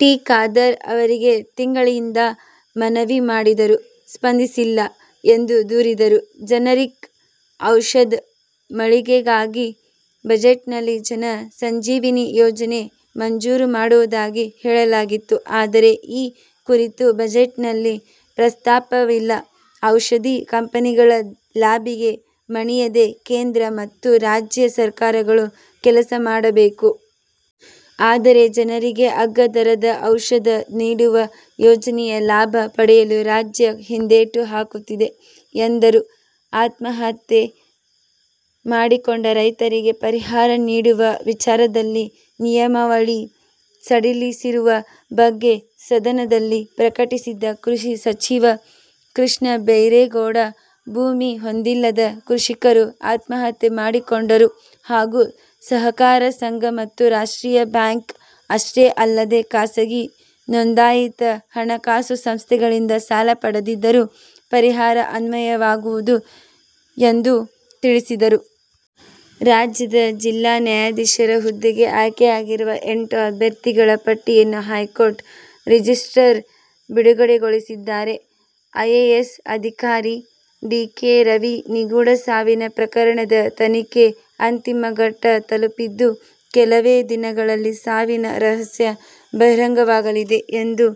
T. Khader ಅವರಿಗೆ ತಿಂಗಳಿಂದ ಮನವಿ ಮಾಡಿದರೂ ಸ್ಪಂದಿಸಿಲ್ಲ ಎಂದು ದೂರಿದರು. ಜನರಿಕ್ ಔಷಧ ಮಳಿಗೆಗಾಗಿ ಬಜೆಟ್ನಲ್ಲಿ ಜನ ಸಂಜೀವಿನಿ ಯೋಜನೆ ಮಂಜೂರು ಮಾಡುವುದಾಗಿ ಹೇಳಲಾಗಿತ್ತು. ಆದರೆ ಈ ಕುರಿತು ಬಜೆಟ್ನಲ್ಲಿ ಪ್ರಸ್ತಾಪವಿಲ್ಲ. ಔಷಧಿ ಕಂಪನಿಗಳ ಲಾಬಿಗೆ ಮಣಿಯದೇ ಕೇಂದ್ರ ಮತ್ತು ರಾಜ್ಯ ಸರ್ಕಾರಗಳು ಕೆಲಸ ಮಾಡಬೇಕು. ಆದರೆ ಜನರಿಗೆ ಅಗ್ಗ ದರದ ಔಷಧ ನೀಡುವ ಯೋಜನೆಯ ಲಾಭ ಪಡೆಯಲು ರಾಜ್ಯ ಹಿಂದೇಟು ಹಾಕುತ್ತಿದೆ ಎಂದರು. ಆತ್ಮಹತ್ಯೆ ಮಾಡಿಕೊಂಡ ರೈತರಿಗೆ ಪರಿಹಾರ ನೀಡುವ ವಿಚಾರದಲ್ಲಿನಿಯಮಾವಳಿ ಸಡಿಲಿಸಿರುವ ಬಗ್ಗೆ ಸದನದಲ್ಲಿ ಪ್ರಕಟಿಸಿದ ಕೃಷಿ ಸಚಿವ ಕೃಷ್ಣಬೈರೇಗೌಡ, ಭೂಮಿ ಹೊಂದಿಲ್ಲದ ಕೃಷಿಕರು ಆತ್ಮಹತ್ಯೆ ಮಾಡಿಕೊಂಡರೂ ಹಾಗೂ ಸಹಕಾರ ಸಂಘ ಮತ್ತು ರಾಷ್ಟ್ರೀಯ ಬ್ಯಾಂಕ್ ಅಷ್ಟೇ ಅಲ್ಲದೆ ಖಾಸಗಿ ನೋಂದಾಯಿತ ಹಣಕಾಸುಸಂಸ್ಥೆಗಳಿಂದ ಸಾಲ ಪಡೆದಿದ್ದರೂ ಪರಿಹಾರ ಅನ್ವಯವಾಗುವುದು ಎಂದು ತಿಳಿಸಿದರು. ರಾಜ್ಯದ ಜಿಲ್ಲಾ ನ್ಯಾಯಾಧೀಶರ ಹುದ್ದೆಗೆ ಆಯ್ಕೆಯಾಗಿರುವ ಎಂಟು ಅಭ್ಯರ್ಥಿಗಳ ಪಟ್ಟಿಯನ್ನು ಹೈಕೋರ್ಟ್ ರಿಜಿಸ್ಟ್ರಾರ್ ಬಿಡುಗಡೆಗೊಳಿಸಿದ್ದಾರೆ. ಐಎಎಸ್ ಅಧಿಕಾರಿ ಡಿ. ಕೆ. ರವಿ ನಿಗೂಢ ಸಾವಿನ ಪ್ರಕರಣದ ತನಿಖೆ ಅಂತಿಮ ಘಟ್ಟ ತಲುಪಿದ್ದು, ಕೆಲವೇ ದಿನಗಳಲ್ಲಿ ಸಾವಿನ "ರಹಸ್ಯ' ಬಹಿರಂಗವಾಗಲಿದೆ ಎಂದು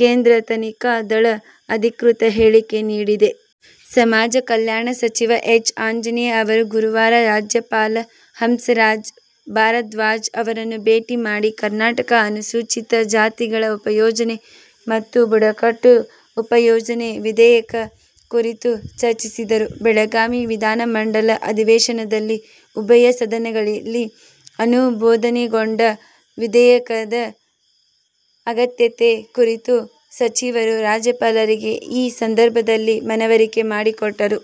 ಕೇಂದ್ರ ತನಿಖಾ ದಳ ಅಧಿಕೃತ ಹೇಳಿಕೆ ನೀಡಿದೆ. ಸಮಾಜ ಕಲ್ಯಾಣ ಸಚಿವ ಎಚ್. ಆಂಜನೇಯ ಅವರು ಗುರುವಾರ ರಾಜ್ಯಪಾಲ ಹಂಸರಾಜ್ ಭಾರದ್ವಾಜ್ ಅವರನ್ನು ಭೇಟಿ ಮಾಡಿ ''''''ಕರ್ನಾಟಕ ಅನುಸೂಚಿತ ಜಾತಿಗಳ ಉಪಯೋಜನೆ ಮತ್ತು ಬುಡಕಟ್ಟು ಉಪಯೋಜನೆ- ವಿಧೇಯಕ''ಕುರಿತು ಚರ್ಚಿಸಿದರು. ಬೆಳಗಾವಿ ವಿಧಾನಮಂಡಲ ಅಧಿವೇಶನದಲ್ಲಿ ಉಭಯ ಸದನಗಳಲ್ಲಿ ಅನುಮೋದನೆಗೊಂಡ ವಿಧೇಯಕದ ಅಗತ್ಯತೆ ಕುರಿತು ಸಚಿವರು ರಾಜ್ಯಪಾಲರಿಗೆ ಈ ಸಂದರ್ಭದಲ್ಲಿ ಮನವರಿಕೆ ಮಾಡಿಕೊಟ್ಟರು.